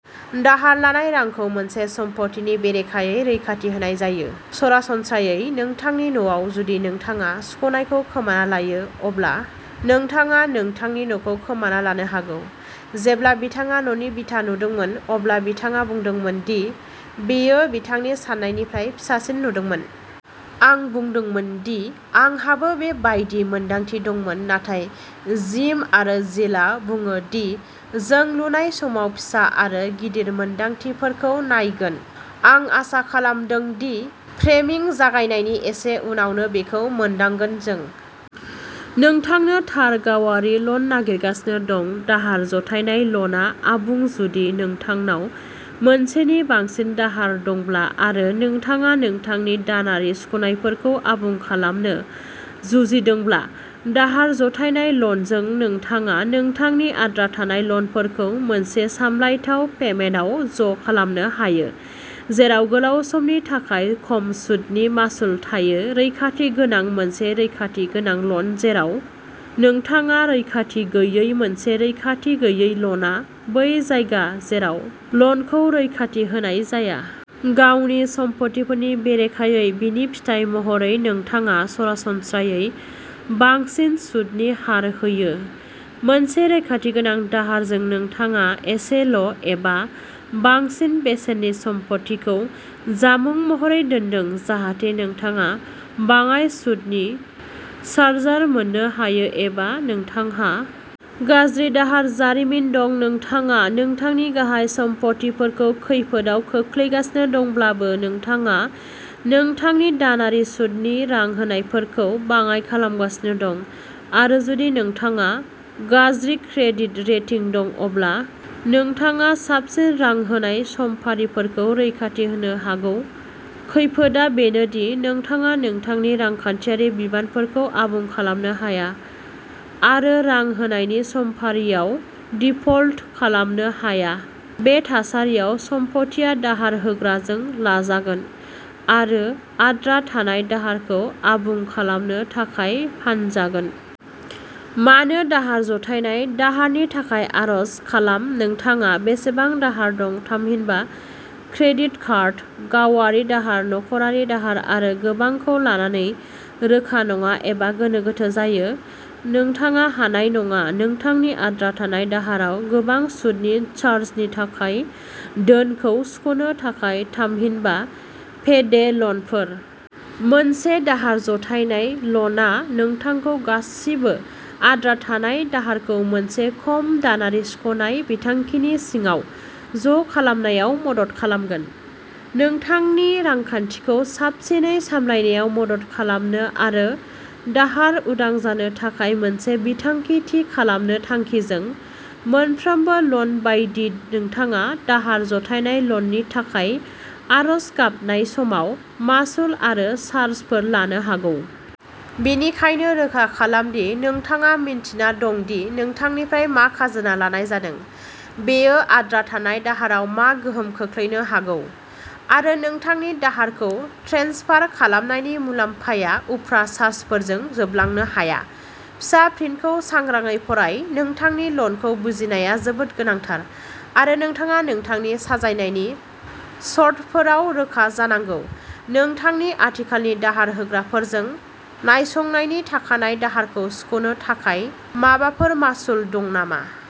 दाहार लानाय रांखौ मोनसे सम्पथिनि बेरेखायै रैखाथि होनाय जायो सरासनस्रायै नोंथांनि न'आव जुदि नोंथाङा सुख'नायखौ खोमाना लायो अब्ला नोंथाङा नोंथांनि न'खौ खोमाना लानो हागौ जेब्ला बिथाङा न'नि बिथा नुदोंमोन अब्ला बिथाङा बुंदोंमोन दि बेयो बिथांनि सान्नायनिफ्राय फिसासिन नुदोंमोन। आं बुंदोंमोन दि आंहाबो बे बायदि मोन्दांथि दंमोन नाथाय जिम आरो जिलआ बुङो दि जों लुनाय समाव फिसा आरो गिदिर मोनदांथिफोरखौ नायगोन। आं आसा खालामदों दि फ्रेमिं जागायनायनि एसे उनावनो बेखौ मोनदांगोन जों नोंथांनो थार गावारि ल'न नागिरगासिनो दं दाहार जथायनाय ल'नआ आबुं जुदि नोंथांनाव मोनसेनि बांसिन दाहार दंब्ला आरो नोंथाङा नोंथांनि दानारि सुख'नायफोरखौ आबुं खालामनो जुजिदोंब्ला दाहार जथायनाय ल'नजों नोंथाङा नोंथांनि आद्रा थानाय ल'नफोरखौ मोनसे सामलायथाव पेमेन्टआव ज'खालामनो हायो जेराव गोलाव समनि थाखाय खम सुतनि मासुल थायो रैखाथि गोनां मोनसे रैखाथि गोनां ल'न जेराव नोंथाङारैखाथि गैयै मोनसे रैखाथि गैयै ल'नआ बै जायगा जेराव ल'नखौ रैखाथि होनाय जाया। गावनि सम्फथिफोरनि बेरेखायै बेनि फिथाय महरै नोंथाङा सरासनस्रायै बांसिन सुतनि हार होयो। मोनसे रैखाथि गोनां दाहारजों नोंथाङा एसेल'एबा बांसिन बेसेननि सम्फथिखौ जामुं महरै दोन्दों जाहाथे नोंथाङा बाङाय सुतनि चार्जार मोननो हायो एबा नोंथांहा गाज्रि दाहार जारिमिन दं नोंथाङा नोंथांनि गाहाय सम्फथिफोरखौ खैफोदआव खोख्लैगासिनो दंब्लाबो नोंथाङा नोंथांनि दानारि सुतनि रां होनायफोरखौबो बाङाइ खालामगासिनो दं आरो जुदि नोंथांहा गाज्रि क्रेडिट रेटिं दं अब्ला नोंथाङा साबसिन रां होनाय समफारिफोरखौ रैखाथि होनो हागौ खैफोदआ बेनो दि नोंथाङा नोंथांनि रांखान्थियारि बिबानफोरखौ आबुं खालामनो हाया आरो रां होनायनि समफारियाव दिफल्ट खालामनो हाया बे थासारियाव सम्फथिया दाहार होग्राजों लाजागोन आरो आद्रा थानाय दाहारखौ आबुं खालामनो थाखाय फानजागोन। मानो दाहार जथायनाय दाहारनि थाखाय आर'ज खालाम नोंथाङा बेसेबां दाहार दं थामहिनबा क्रेडिट कार्ड गावारि दाहार नखरारि दाहार आरो गोबांखौ लानानै रोखा नङा एबा गोनो गोथो जायो। नोंथाङा हानाय नङा नोंथांनि आद्रा थानाय दाहाराव गोबां सुदनि चार्जनि थाखाय धोनखौ सुख'नो थाखाय थामहिनबा पेडे ल'नफोर। मोनसे दाहार जथायनाय ल'नआ नोंथांखौ गासिबो आद्रा थानाय दाहारखौ मोनसे खम दानारि सुख'नाय बिथांखिनि सिङाव ज'खालामनायाव मदद खालामगोन। नोंथांनि रांखान्थिखौ साबसिनै सामलायनायाव मदद खालामनो आरो दाहार उदां जानो थाखाय मोनसे बिथांखि थि खालामनो थांखिजों मोनफ्रोमबो ल'न बायदि नोंथाङा दाहार जथायनाय ल'ननि थाखाय आर'ज गाबनाय समाव मासुल आरो चार्जफोर लानो हागौ। बेनिखायनो रोखा खालाम दि नोंथाङा मिन्थिना दं दि नोंथांनिफ्राय मा खाजोना लानाय जादों बेयो आद्रा थानाय दाहाराव मा गोहोम खोख्लैनो हागौ आरो नोंथांनि दाहारखौ ट्रेन्सफार खालामनायनि मुलाम्फाया उफ्रा चार्जफोरजों जोबलांनो हाया फिसा प्रिन्टखौ सांग्राङै फराय नोंथांनि ल'नखौ बुजिनाया जोबोद गोनांथार आरो नोंथाङा नोंथांनि साजायनायनि सर्तफोराव रोखा जानांगौ नोंथांनि आथिखालनि दाहार होग्राफोरजों नायसंनायनि थाखानाय दाहारखौ सुख'नो थाखाय माबाफोर मासुल दं नामा।